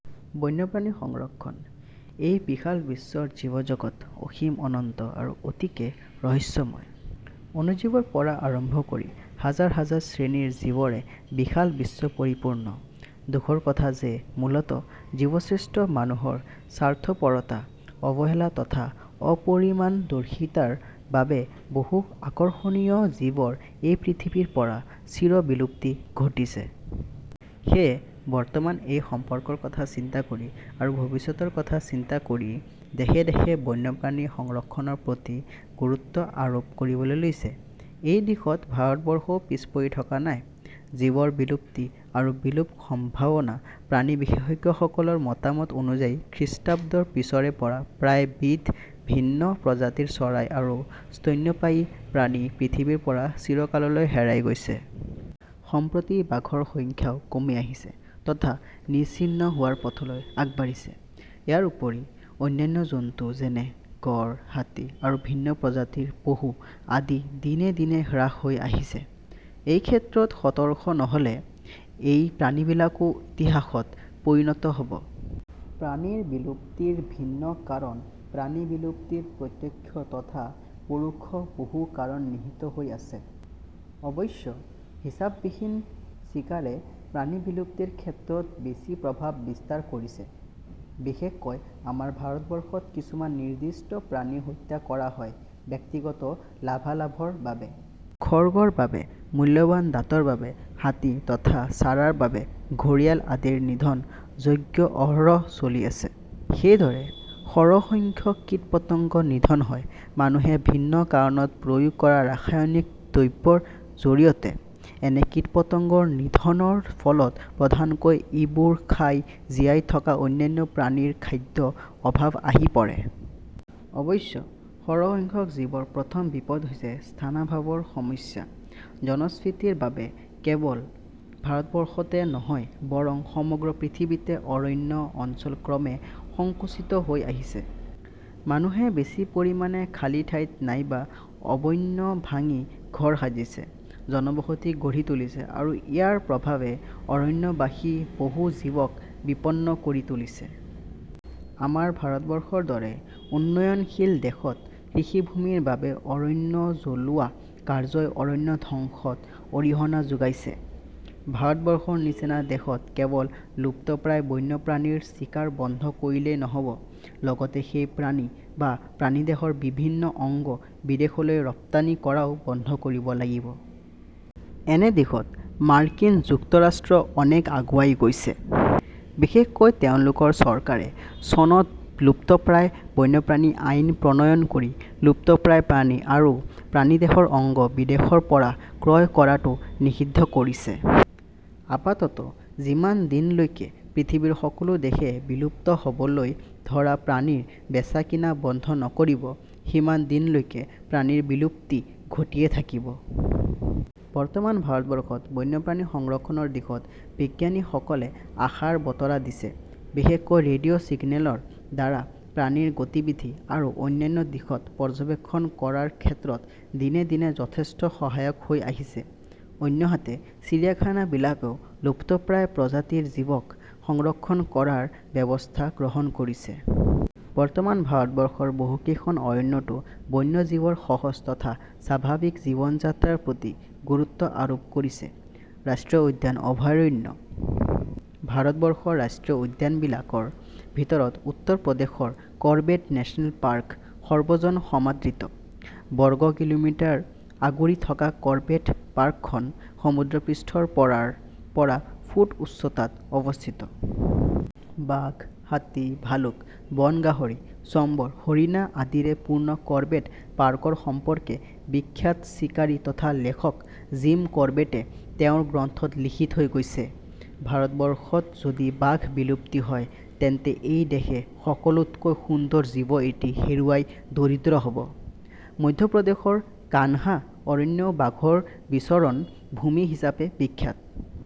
বন্যপ্ৰাণী সংৰক্ষণ: এই বিশাল বিশ্বৰ জীৱজগৎ অসীম অনন্ত আৰু অতিকে ৰহস্যময়। অনুজীৱৰ পৰা আৰম্ভ কৰি হাজাৰ হাজাৰ শ্ৰেণীৰ জীৱৰে বিশাল বিশ্ব পৰিপূৰ্ণ। দুখৰ কথা যে মূলতঃ জীৱশ্ৰেষ্ঠ মানুহৰ স্বাৰ্থপৰতা, অৱহেলা তথা অপৰিণামদৰ্শিতাৰ বাবে বহু আকৰ্ষণীয় জীৱৰ এই পৃথিৱীৰ পৰা চিৰ বিলুপ্তি ঘটিছে। সেয়ে বৰ্তমান এই সম্পৰ্কৰ কথা চিন্তা কৰি আৰু ভবিষ্যতৰ কথা চিন্তা কৰি দেশে দেশে বন্যপ্ৰাণী সংৰক্ষণৰ প্ৰতি গুৰুত্ব আৰোপ কৰিবলৈ লৈছে। এই দিশত ভাৰতবৰ্ষও পিছ পৰি থকা নাই। জীৱৰ বিলুপ্তি আৰু বিলোপ-সম্ভাৱনা প্ৰাণী-বিশেষজ্ঞসকলৰ মতামত অনুযায়ী খ্ৰীষ্টাব্দৰ পিছৰে পৰা প্ৰায় বিধ ভিন্ন প্ৰজাতিৰ চৰাই আৰু স্তন্যপায়ী প্ৰাণী পৃথিৱীৰ পৰা চিৰকাললৈ হেৰাই গৈছে। সম্প্ৰতি বাঘৰ সংখ্যাও কমি আহিছে তথা নিশ্চিহ্ন হোৱাৰ পথলৈ আগবাঢ়িছে। ইয়াৰ উপৰি অন্যান্য জন্তু, যেনে— গঁড়, হাতী আৰু ভিন্ন প্ৰজাতিৰ পহু আদি দিনে দিনে হ্ৰাস হৈ আহিছে; এইক্ষেত্ৰত সতৰ্ক নহ'লে এই প্ৰাণীবিলাকো ইতিহাসত পৰিণত হ'ব। প্ৰাণীৰ বিলুপ্তিৰ ভিন্ন কাৰণ প্ৰাণীবিলুপ্তিৰ প্ৰত্যক্ষ তথা পৰোক্ষ বহু কাৰণ নিহিত হৈ আছে। অৱশ্য হিচাপবিহীন চিকাৰে প্ৰাণীবিলুপ্তিৰ ক্ষেত্ৰত বেছি প্ৰভাব বিস্তাৰ কৰিছে। বিশেষকৈ আমাৰ ভাৰতবৰ্ষত কিছুমান নিৰ্দিষ্ট প্ৰাণী হত্যা কৰা হয় ব্যক্তিগত লাভালাভৰ বাবে। খড়গৰ বাবে, মূল্যবান দাঁতৰ বাবে হাতী তথা চাৰাৰ বাবে ঘৰিয়াল আদিৰ নিধন যজ্ঞ অহৰহ চলি আছে। সেইদৰে সৰহসংখ্যক কীট-পতংগ নিধন হয় মানুহে ভিন্ন কাৰণত প্ৰয়োগ কৰা ৰাসায়নিক দ্ৰব্যৰ জৰিয়তে। এনে কীট-পতংগৰ নিধনৰ ফলত প্ৰধানকৈ ইবোৰ খাই জীয়াই থকা অন্যান্য প্ৰাণীৰ খাদ্য অভাৱ আহি পৰে। অৱশ্য সৰহসংখ্যক জীৱৰ প্ৰথম বিপদ হৈছে স্থানাভাৱৰ সমস্যা। জনস্ফীতিৰ বাবে কেৱল ভাৰতবৰ্ষতে নহয় বৰং সমগ্ৰ পৃথিৱীতে অৰণ্য অঞ্চল ক্ৰমে সংকুচিত হৈ আহিছে। মানুহে বেছি পৰিমাণে খালি ঠাইত নাইবা অবণ্য ভাঙি ঘৰ সাজিছে, জনবসতি গঢ়ি তুলিছে আৰু ইয়াৰ প্ৰভাৱে অৰণ্যবাসী বহু জীৱক বিপন্ন কৰি তুলিছে। আমাৰ ভাৰতবৰ্ষৰ দৰে উন্নয়নশীল দেশত কৃষিভূমিৰ বাবে অৰণ্য জ্বলোৱা কাৰ্যই অৰণ্য ধ্বংসত অৰিহণা যোগাইছে। ভাৰতবৰ্ষৰ নিচিনা দেশত কেৱল লুপ্তপ্ৰায় বন্য প্ৰাণীৰ চিকাৰ বন্ধ কৰিলেই নহ'ব লগতে সেই প্ৰাণী বা প্ৰাণীদেহৰ বিভিন্ন অংগ বিদেশলৈ ৰপ্তানি কৰাও বন্ধ কৰিব লাগিব। এনে দিশত মাৰ্কিন যুক্তৰাষ্ট্ৰ অনেক আগুৱাই গৈছে, বিশেষকৈ তেওঁলোকৰ চৰকাৰে চনত লুপ্তপ্ৰায় বন্যপ্ৰাণী আইন প্ৰণয়ন কৰি লুপ্তপ্ৰায় প্ৰাণী আৰু প্ৰাণীদেহৰ অংগ বিদেশৰ পৰা ক্ৰয় কৰাটো নিষিদ্ধ কৰিছে। আপাততঃ যিমান দিনলৈকে পৃথিৱীৰ সকলো দেশে বিলুপ্ত হ'বলৈ ধৰা প্ৰাণীৰ বেচা-কিনা বন্ধ নকৰিব, সিমান দিনলৈকে প্ৰাণীৰ বিলুপ্তি ঘটিয়ে থাকিব। বৰ্তমান ভাৰতবৰ্ষত বন্যপ্ৰাণী সংৰক্ষণৰ দিশত বিজ্ঞানীসকলে আশাৰ বতৰা দিছে। বিশেষকৈ ৰেডিঅ' ছিগ্নেলৰ দ্বাৰা প্ৰাণীৰ গতিবিধি আৰু অন্যান্য দিশত পৰ্যবেক্ষণ কৰাৰ ক্ষেত্ৰত দিনে দিনে যথেষ্ট সহায়ক হৈ আহিছে। অন্যহাতে চিৰিয়াখানাবিলাকেও লুপ্তপ্ৰায় প্ৰজাতিৰ জীৱক সংৰক্ষণ কৰাৰ ব্যৱস্থা গ্ৰহণ কৰিছে। বৰ্তমান ভাৰতবৰ্ষৰ বহুকেইখন অৰণ্যটো বন্য-জীৱৰ সহজ তথা স্বাভাৱিক জীৱনযাত্ৰাৰ প্ৰতি গুৰুত্ব আৰোপ কৰিছে। ৰাষ্ট্ৰীয় উদ্যান অভয়াৰণ্য ভাৰতবৰ্ষৰ ৰাষ্ট্ৰীয় উদ্যানবিলাক ৰ ভিতৰত উত্তৰ প্ৰদেশৰ কৰবেট নেছনেল পাৰ্ক সৰ্বজন সমাদৃত। বৰ্গ কিলোমিটাৰ আগুৰি থকা কৰ্বেট পাৰ্কখন সমুদ্ৰপৃষ্ঠৰ পৰা ৰ পৰা ফুট উচ্চতাত অৱস্থিত। বাঘ, হাতী, ভালুক, বনগাহৰি, চম্বৰ, হৰিণা আদিৰে পূৰ্ণ কৰ্বেট পাৰ্কৰ সম্পৰ্কে বিখ্যাত চিকাৰী তথা লেখক জিম কৰ্বেটে তেওঁৰ গ্ৰন্থত লিখি থৈ গৈছে- "ভাৰতবৰ্ষত যদি বাঘ বিলুপ্তি হয় তেন্তে এই দেশে সকলোতকৈ সুন্দৰ জীৱ এটি হেৰুৱাই দৰিদ্ৰ হ'ব। " মধ্যপ্ৰদেশৰ 'কানহা' অৰণ্য বাঘৰ বিচৰণ ভূমি হিচাপে বিখ্যাত।